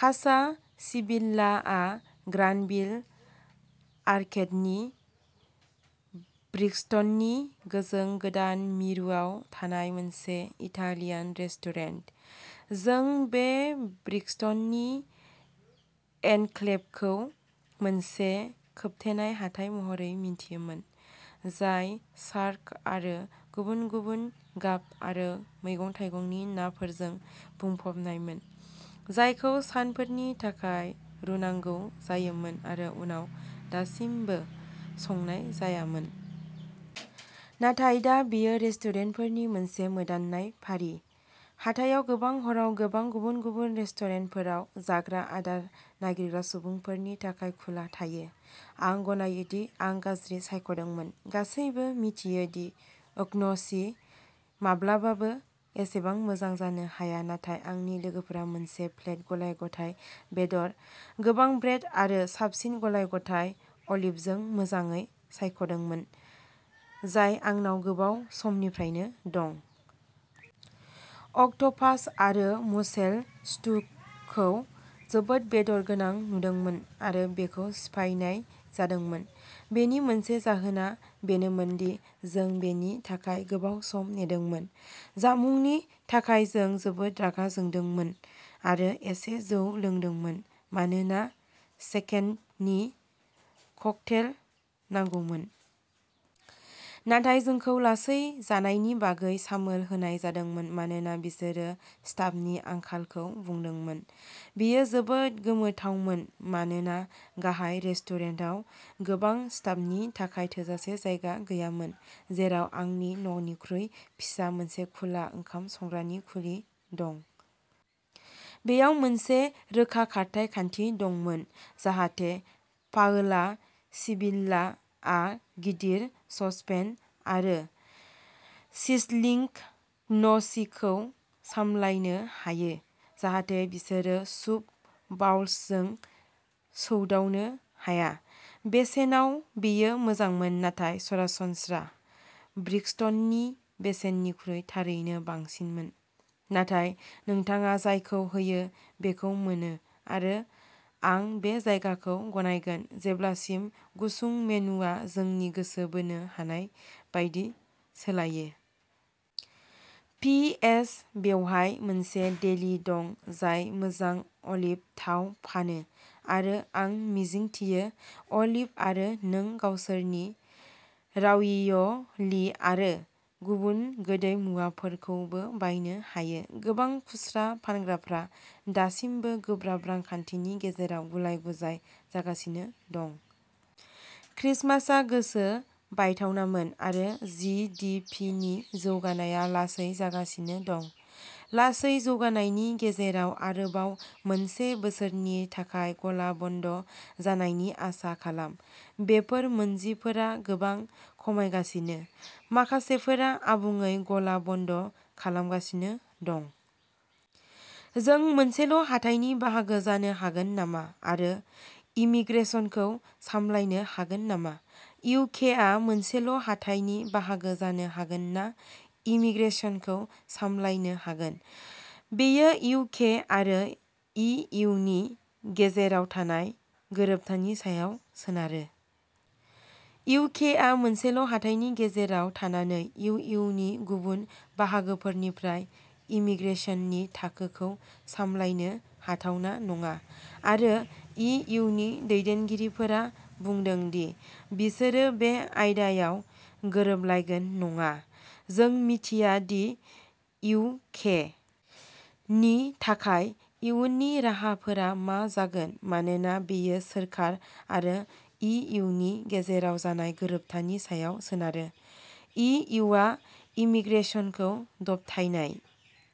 कासा सिबिल्लाआ ग्रानभिल आर्केडनि ब्रिक्सटननि गोजों गोदान मिरुआव थानाय मोनसे इटालियान रेस्टुरेन्ट। जों बे ब्रिक्सटननि एनक्लेभखौ मोनसे खोबथेनाय हाथाइ महरै मिथियोमोन, जाय शार्क आरो गुबुन-गुबुन गाब आरो मैगं-थाइगंनि नाफोरजों बुंफबनायमोन, जायखौ सानफोरनि थाखाय रुनांगौ जायोमोन आरो उनाव दासिमबो संनाय जायामोन। नाथाय दा बेयो रेस्टुरेन्टफोरनि मोनसे मोदाननाय फारि। हाथाइया गोबां हराव गोबां गुबुन-गुबुन रेस्टुरेन्टफोराव जाग्रा आदार नागिरग्रा सुबुंफोरनि थाखाय खुला थायो। आं गनायो दि आं गाज्रि सायख'दोंमोन-गासैबो मिथियो दि ग्नोचि माब्लाबाबो एसेबां मोजां जानो हाया-नाथाय आंनि लोगोफोरा मोनसे प्लेट गलाय-गथाय बेदर, गोबां ब्रेड आरो साबसिन गलाय-गथाय अलिभजों मोजाङै सायख'दोंमोन, जाय आंनाव गोबाव समनिफ्रायनो दं। अक्ट'पास आरो मुसेल स्टुखौ जोबोद बेदर गोनां नुदोंमोन आरो बेखौ सिफायनाय जादोंमोन। बेनि मोनसे जाहोना बेनोमोन दि जों बेनि थाखाय गोबाव सम नेदोंमोन। जामुंनि थाखाय जों जोबोद रागा जोंदोंमोन आरो एसे जौ लोंदोंमोन, मानोना सेकेन्दनि ककटेल नांगौमोन। नाथाय जोंखौ लासै जानायनि बागै सामोल होनाय जादोंमोन-मानोना बिसोरो स्टाफनि आंखालखौ बुंदोंमोन। बेयो जोबोद गोमोथावमोन मानोना गाहाय रेस्टुरेन्टाव गोबां स्टाफनि थाखाय थोजासे जायगा गैयामोन, जेराव आंनि न'निख्रुइ फिसा मोनसे खुला ओंखाम संग्रानि खुलि दं। बेयाव मोनसे रोखा खारथाइ खान्थि दंमोन जाहाथे पाओला सिबिल्ला आ गिदिर ससपेन आरो सिजलिंग ग्नोचिखौ सामलायनो हायो, जाहाथे बिसोरो सुप बाउल्सजों सौदावनो हाया। बेसेनाव बेयो मोजांमोन नाथाय सरासनस्रा ब्रिक्सटननि बेसेननिख्रुइ थारैनो बांसिनमोन, नाथाय नोंथाङा जायखौ होयो बेखौ मोनो आरो आं बे जायगाखौ गनायगोन, जेब्लासिम गुसुं मेनुआ जोंनि गोसो बोनो हानाय बायदि सोलायो। पि. एस. बेवहाय मोनसे डेली दं जाय मोजां अलिभ थाव फानो आरो आं मिजिंथियो अलिभ आरो नों गावसोरनि राविय'लि आरो गुबुन गोदै मुवाफोरखौबो बायनो हायो। गोबां खुस्रा फानग्राफ्रा दासिमबो गोब्राब रांखान्थिनि गेजेराव गुलाय-गुजाय जागासिनो दं। क्रिसमासआ गोसो बायथावनामोन आरो जि. डि. पि. नि जौगानाया लासै जागासिनो दं। लासै जौगानायनि गेजेराव आरोबाव मोनसे बोसोरनि थाखाय गला बन्द जानायनि आसा खालाम। बेफोर मोनजिफोरा गोबां खमायगासिनो; माखासेफोरा आबुङै गला बन्द खालामगासिनो दं। जों मोनसेल'हाथाइनि बाहागो जानो हागोन नामा आरो इमीग्रेसनखौ सामलायनो हागोन नामा? इउ. के. आ मोनसेल'हाथाइनि बाहागो जानो हागोन ना इमीग्रेसनखौ सामलायनो हागोन। बेयो इउ. के. आरो इ. इउ. नि गेजेराव थानाय गोरोबथानि सायाव सोनारो। इउ. के. आ मोनसेल'हाथाइनि गेजेराव थानानै इउ. इउ. नि गुबुन बाहागोफोरनिफ्राय इमीग्रेसननि थाखोखौ सामलायनो हाथावना नङा, आरो इ. इउ. नि दैदेनगिरिफोरा बुंदों दि बिसोरो बे आयदायाव गोरोबलायगोन नङा। जों मिथिया दि इउ. के. नि थाखाय इयुननि राहाफोरा मा जागोन मानोना बेयो सोरखार आरो इ. इउ. नि गेजेराव जानाय गोरोबथानि सायाव सोनारो। इ. इउ. आ इमीग्रेसनखौ दबथायनाय।